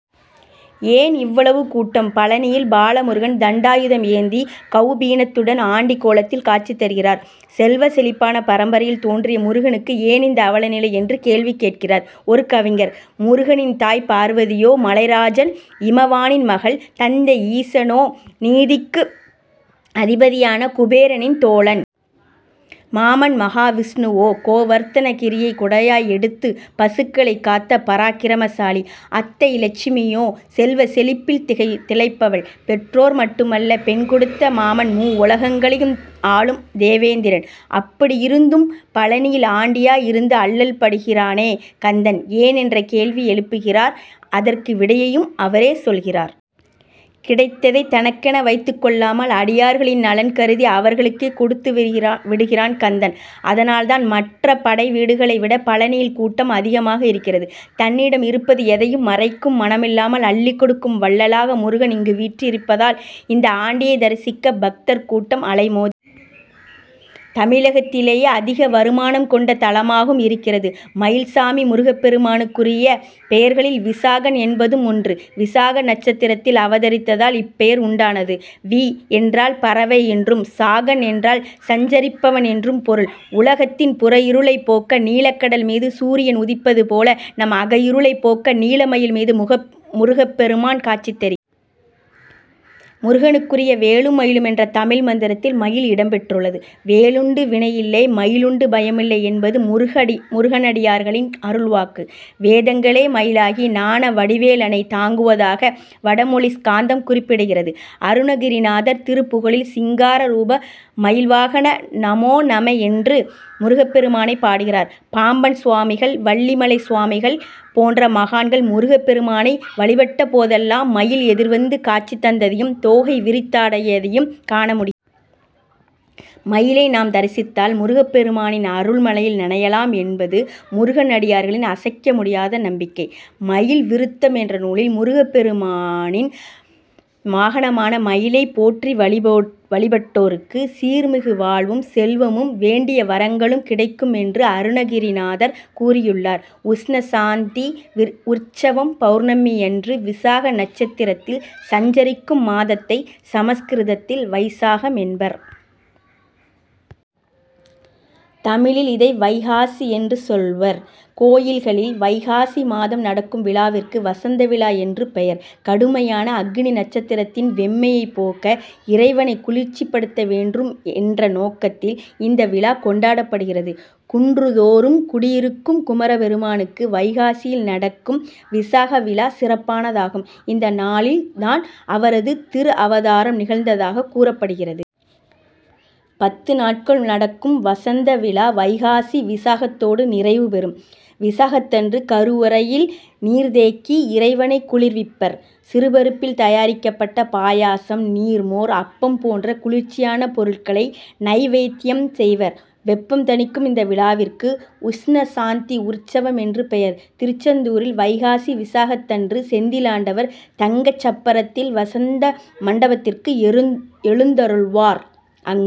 ஏன் இவ்வளவு கூட்டம்? பழநியில் பாலமுருகன் தண்டாயுதம் ஏந்தி கவுபீனத்துடன் ஆண்டிக்கோலத்தில் காட்சி தருகிறார். செல்வச்செழிப்பான பரம்பரையில் தோன்றிய முருகனுக்கு ஏன் இந்த அவலநிலை என்று கேள்வி கேட்கிறார் ஒரு கவிஞர். முருகனின் தாய் பார்வதியோ மலைராஜன் இமவானின் மகள். தந்தை ஈசனோ நிதிக்கு அதிபதியான குபேரனின் தோழன். மாமன் மகாவிஷ்ணுவோ கோவர்த்தனகிரியை குடையாய் எடுத்து பசுக்களைக் காத்த பராக்கிரமசாலி. அத்தை லட்சுமியோ செல்வச் செழிப்பில் திகை திளைப்பவள். பெற்றோர் மட்டுமல்ல. பெண் கொடுத்த மாமன் மூவுலகங்களையும் ஆளும் தேவேந்திரன். அப்படியிருந்தும் பழநியிலே ஆண்டியாய் இருந்து அல்லல்படுகிறானே கந்தன், ஏன் என்ற கேள்வி எழுப்புகிறார். அதற்கு விடையையும் அவரே சொல்கிறார். கிடைத்ததை தனக்கென வைத்துக் கொள்ளாமல் அடியார்களின் நலன் கருதி அவர்களுக்கே கொடுத்து விடுகிறான் கந்தன். அதனால் தான் மற்ற படைவீடுகளை விட பழநியில் கூட்டம் அதிகமாக இருக்கிறது. தன்னிடம் இருப்பது எதையும் மறைக்கும் மனமில்லாமல் அள்ளிக் கொடுக்கும் வள்ளலாக முருகன் இங்கு வீற்றிருப்பதால், இந்த ஆண்டியைத் தரிசிக்க பக்தர் கூட்டம் அலைமோது. தமிழகத்திலேயே அதிக வருமானம் கொண்ட தலமாகவும் இருக்கிறது. மயில் சாமி முருகப்பெருமானுக்குரிய பெயர்களில் விசாகன் என்பதும் ஒன்று. விசாக நட்சத்திரத்தில் அவதரித்ததால் இப்பெயர் உண்டானது. வி என்றால் பறவை என்றும், சாகன் என்றால் சஞ்சரிப்பவன் என்றும் பொருள். உலகத்தின் புறஇருளைப் போக்க நீலக்கடல் மீது சூரியன் உதிப்பதுபோல, நம் அகஇருளைப் போக்க நீலமயில் மீது முகப்முருகப்பெருமான் காட்சி தருகிறார். முருகனுக்குரிய வேலுமயிலும் என்ற தமிழ் மந்திரத்தில் மயில் இடம்பெற்றுள்ளது. வேலுண்டு வினையில்லை! மயிலுண்டு பயமில்லை! என்பது முருகடி முருகனடியார்களின் அருள்வாக்கு. வேதங்களே மயிலாகி ஞானவடிவேலனைத் தாங்குவதாக வடமொழி ஸ்காந்தம் குறிப்பிடுகிறது. அருணகிரிநாதர் திருப்புகழில் சிங்கார ரூப மயில் வாகன நமோ நம என்று முருகப்பெருமானைப் பாடுகிறார். பாம்பன் சுவாமிகள், வள்ளிமலை சுவாமிகள் போன்ற மகான்கள் முருகப்பெருமானை வழிபட்டபோதெல்லாம், மயில் எதிர்வந்து காட்சி தந்ததையும், தோகை விரித்தாடயதையும் காணமுடி. மயிலை நாம் தரிசித்தால் முருகப்பெருமானின் அருள்மழையில் நனையலாம் என்பது முருகனடியார்களின் அசைக்க முடியாத நம்பிக்கை. மயில் விருத்தம் என்ற நூலில் முருகப்பெருமானின் வாகனமான மயிலைப் போற்றி வழீபோட் வழிபட்டோருக்கு சீர்மிகு வாழ்வும், செல்வமும், வேண்டிய வரங்களும் கிடைக்கும் என்று அருணகிரிநாதர் கூறியுள்ளார். உஷ்ணசாந்தி விற்உற்சவம் பவுர்ணமியன்று விசாக நட்சத்திரத்தில் சஞ்சரிக்கும் மாதத்தை, சமஸ்கிருதத்தில் வைசாகம் என்பர். தமிழில் இதை வைகாசி என்று சொல்வர். கோயில்களில் வைகாசி மாதம் நடக்கும் விழாவிற்கு வசந்தவிழா என்று பெயர். கடுமையான அக்னிநட்சத்திரத்தின் வெம்மையைப் போக்க, இறைவனை குளிர்ச்சிப்படுத்த வேண்டும் என்ற நோக்கத்தில் இந்த விழா கொண்டாடப்படுகிறது. குன்றுதோறும் குடியிருக்கும் குமரப்பெருமானுக்கு வைகாசியில் நடக்கும் விசாகவிழா சிறப்பானதாகும். இந்தநாளில் தான் அவரது திருஅவதாரம் நிகழ்ந்ததாகக் கூறப்படுகிறது. பத்துநாட்கள் நடக்கும் வசந்தவிழா வைகாசி விசாகத்தோடு நிறைவுபெறும். விசாகத்தன்று, கருவறையில் நீர்தேக்கி இறைவனை குளிர்விப்பர். சிறுபருப்பில் தயாரிக்கப்பட்ட பாயாசம், நீர்மோர், அப்பம் போன்ற குளிர்ச்சியான பொருட்களை நைவேத்யம் செய்வர். வெப்பம் தணிக்கும் இந்த விழாவிற்கு உஷ்ணசாந்தி உற்சவம் என்று பெயர். திருச்செந்தூரில் வைகாசிவிசாகத்தன்று செந்திலாண்டவர் தங்கச்சப்பரத்தில் வசந்தமண்டபத்திற்கு எருந்எழுந்தருள்வார். அங்